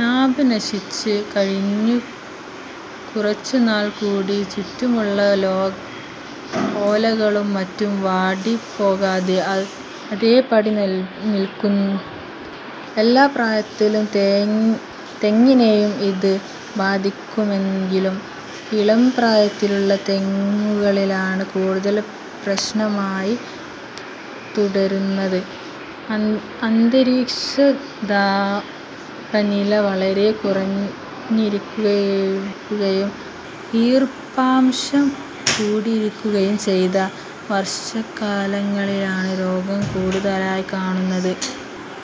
നാമ്പ് നശിച്ച് കഴിഞ്ഞു കുറച്ചുനാൾ കൂടി ചുറ്റുമുള്ള ഓലകളും മറ്റും വാടിപ്പോകാതെ അതേപടി നിൽക്കും. എല്ലാ പ്രായത്തിലുള്ള തെങ്ങിനേയും ഇത് ബാധിക്കുമെങ്കിലും ഇളംപ്രായത്തിലുള്ള തെങ്ങുകളിലാണ് കൂടുതൽ പ്രശ്നമായി തീരുന്നത്. അന്തരീക്ഷതാപനില വളരെ കുറഞ്ഞിരിയ്ക്കുകയും ഈർപ്പാംശം കൂടിയിരിക്കുകയും ചെയ്യുന്ന വർഷക്കാലങ്ങളിലാണ് രോഗം കൂടുതലായി കാണപ്പെടുന്നത്.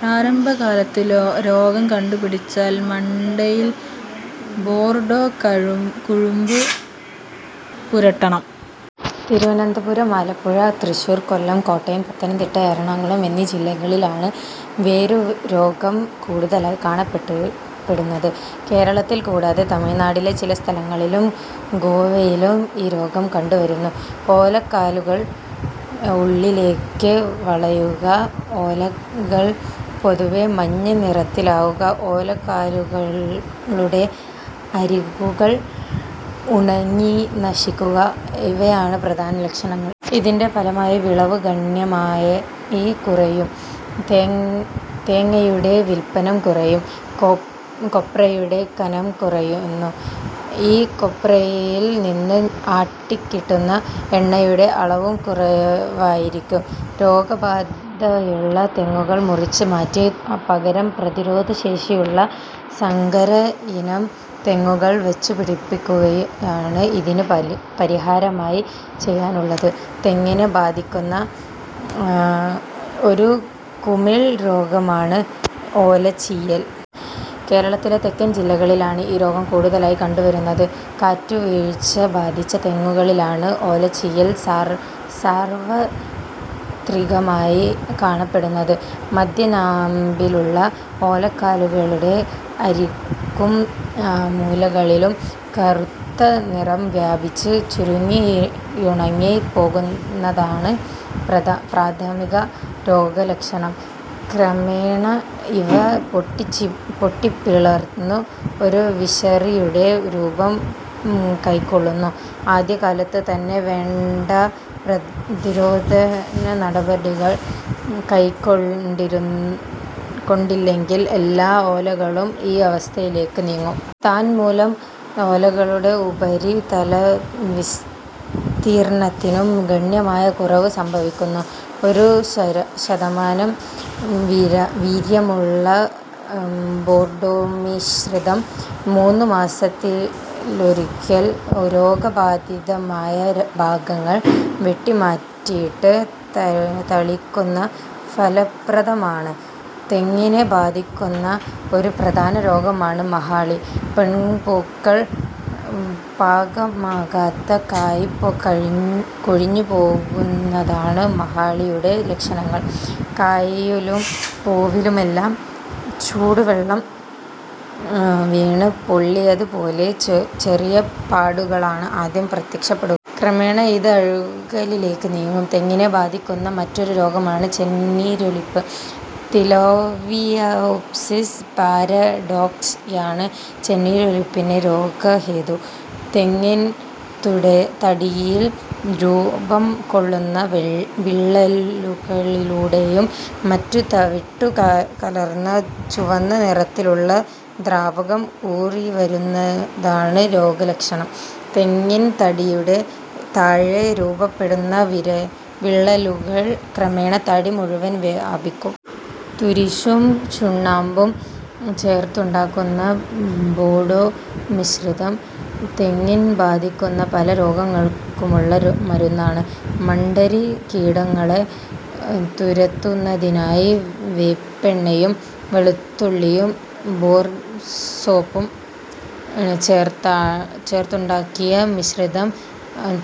പ്രാരംഭകാലത്ത് രോഗം കണ്ടുപിടിച്ചാൽ മണ്ടയിൽ ബോർഡോ കുഴമ്പ് പുരട്ടണം. തിരുവനന്തപുരം, ആലപ്പുഴ, തൃശ്ശൂർ, കൊല്ലം, കോട്ടയം, പത്തനംതിട്ട, എറണാകുളം എന്നീ ജില്ലകളിലാണ് വേരുരോഗം കൂടുതലായി കാണപ്പെടുന്നത്. കേരളത്തിൽ കൂടാതെ തമിഴ്നാടിലെ ചില സ്ഥലങ്ങളിലും, ഗോവയിലും ഈ രോഗം കണ്ടു വരുന്നു. ഓലക്കാലുകൾ ഉള്ളിലേയ്ക്ക് വളയുക, ഓലകൾ പൊതുവെ മഞ്ഞനിറമാവുക, ഓലക്കാലുകളുടെ അരികുകൾ ഉണങ്ങിനശിക്കുക ഇവയാണ് പ്രധാന ലക്ഷണങ്ങൾ. ഇതിന്റെ ഫലമായി വിളവ് ഗണ്യമായി കുറയും. തേങ്ങയുടെ വലിപ്പം കുറയുന്നു. കൊപ്രയുടെ കനം കുറയുന്നു. ഈ കൊപ്രയിൽ നിന്ന് ആട്ടിക്കിട്ടുന്ന എണ്ണയുടെ അളവും കുറവായിരിയ്ക്കും. രോഗബാധയുള്ള തെങ്ങുകൾ മുറിച്ച് മാറ്റി പകരം പ്രതിരോധശേഷിയുള്ള സങ്കരയിനം തെങ്ങുകൽ വച്ചു പിടിപ്പിക്കുകയാണ് ഇതിന് പരിഹാരമായി ചെയ്യാനുള്ളൂ. തെങ്ങിനെ ബാധിയ്ക്കുന്ന ഒരു കുമിൾ രോഗമാണ് ഓലചീയൽ. കേരളത്തിലെ തെക്കൻ ജില്ലകളിലാണ് ഈ രോഗം കൂടുതലായി കണ്ടുവരുന്നത്. കാറ്റുവീഴ്ച ബാധിച്ച തെങ്ങുകളിലാണ് ഓലചീയൽ സാർവ്വത്രികമായി കാണപ്പെടുന്നത്. മദ്ധ്യനാമ്പിലുള്ള ഓലക്കാലുകളുടെ അരികും മൂലകളിലും കറുത്തനിറം വ്യാപിച്ച് ചുരുങ്ങിയുണങ്ങി പോകുന്നതാണ് പ്രാഥമിക രോഗലക്ഷണം. ക്രമേണ ഇവ പൊട്ടിപ്പിളർന്നു ഒരു വിശറിയുടെ രൂപം കൈക്കൊള്ളുന്നു. ആദ്യകാലത്ത് തന്നെ വേണ്ട പ്രതിരോധനടപടി കൈക്കൊണ്ടില്ലെങ്കിൽ എല്ലാ ഓലകളും ഈ അവസ്ഥയിലേയ്ക്ക് നീങ്ങും. തന്മൂലം ഓലകളുടെ ഉപരിതല വിസ്തീർണ്ണത്തിനും ഗണ്യമായ കുറവ് സംഭവിക്കുന്നു. ഒരു ശതമാനം വീര്യമുള്ള ബോർഡോമിശ്രിതം മൂന്നുമാസത്തിലൊരിയ്ക്കൽ രോഗബാധിതമായ ഭാഗങ്ങൾ വെട്ടിമാറ്റിയിട്ട് തളിയ്ക്കുന്ന ഫലപ്രദമാണ്. തെങ്ങിനെ ബാധിയ്ക്കുന്ന ഒരു പ്രധാന രോഗമാണ് മഹാളി. പെൺപൂക്കൾ, പാകമാകാത്ത കായ് കൊഴിഞ്ഞുപോകുന്നതാണ് മഹാളിയുടെ ലക്ഷണങ്ങൾ. കായിലും പൂവിലുമെല്ലാം ചൂടുവെള്ളം വീണ് പൊള്ളിയത് പോലെയുള്ള ചെറിയ പാടുകളാണ് ആദ്യം പ്രത്യക്ഷപ്പെടുക. ക്രമേണ ഇത് അഴുകലിലേയ്ക്ക് നീങ്ങും. തെങ്ങിനെ ബാധിക്കുന്ന മറ്റൊരു രോഗമാണ് ചെന്നീരൊലിപ്പ്. തിലാവിയോപ്സിസ് പാരഡോക്സ് യാണ് ചെന്നീരൊലിപ്പിന്റെ രോഗഹേതു. തെങ്ങിൻ തടിയിൽ രൂപം കൊള്ളുന്ന വിള്ളലുകളിലൂടെയും മറ്റും തവിട്ടു കലർന്ന ചുവന്ന നിറത്തിലുള്ള ദ്രാവകം ഊറിവരുന്നതാണ് രോഗലക്ഷണം. തെങ്ങിൻ തടിയുടെ താഴെ രൂപപ്പെടുന്ന വിള്ളലുകൾ ക്രമേണ തടി മുഴുവൻ വ്യാപിക്കും. തുരിശും ചുണ്ണാമ്പും ചേർത്തുണ്ടാക്കുന്ന ബോഡോ മിശ്രിതം തെങ്ങിനെ ബാധിക്കുന്ന പല രോഗങ്ങൾക്കുമുള്ള മരുന്നാണ്. മണ്ഡരി കീടങ്ങളെ തുരത്തുന്നതിനായി വേപ്പെണ്ണയും വെളുത്തുള്ളിയും ബാർ സോപ്പും ചേർത്തുണ്ടാക്കിയ മിശ്രിതം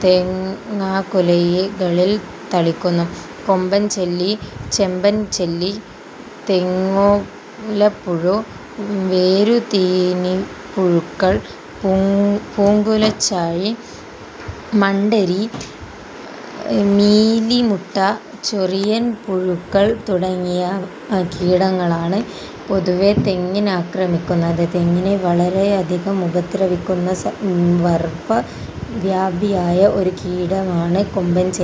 തേങ്ങാക്കുലകളിൽ തളിക്കുന്നു. കൊമ്പൻ ചെല്ലി, ചെമ്പൻ ചെല്ലി, തെങ്ങോലപ്പുഴു, വേരുതീനിപ്പുഴുക്കൾ, പൂങ്കുലച്ചാഴി, മണ്ഡരി, മീലിമൂട്ട, ചൊറിയൻ പുഴുക്കൾ തുടങ്ങിയ കീടങ്ങളാണ് പൊതുവേ തെങ്ങിനെ ആക്രമിക്കുന്നത്. തെങ്ങിനെ വളരെയധികം ഉപദ്രവിക്കുന്ന വർവ്വ വ്യാപിയായ ഒരു കീടമാണ് കൊമ്പൻ ചെല്ലി.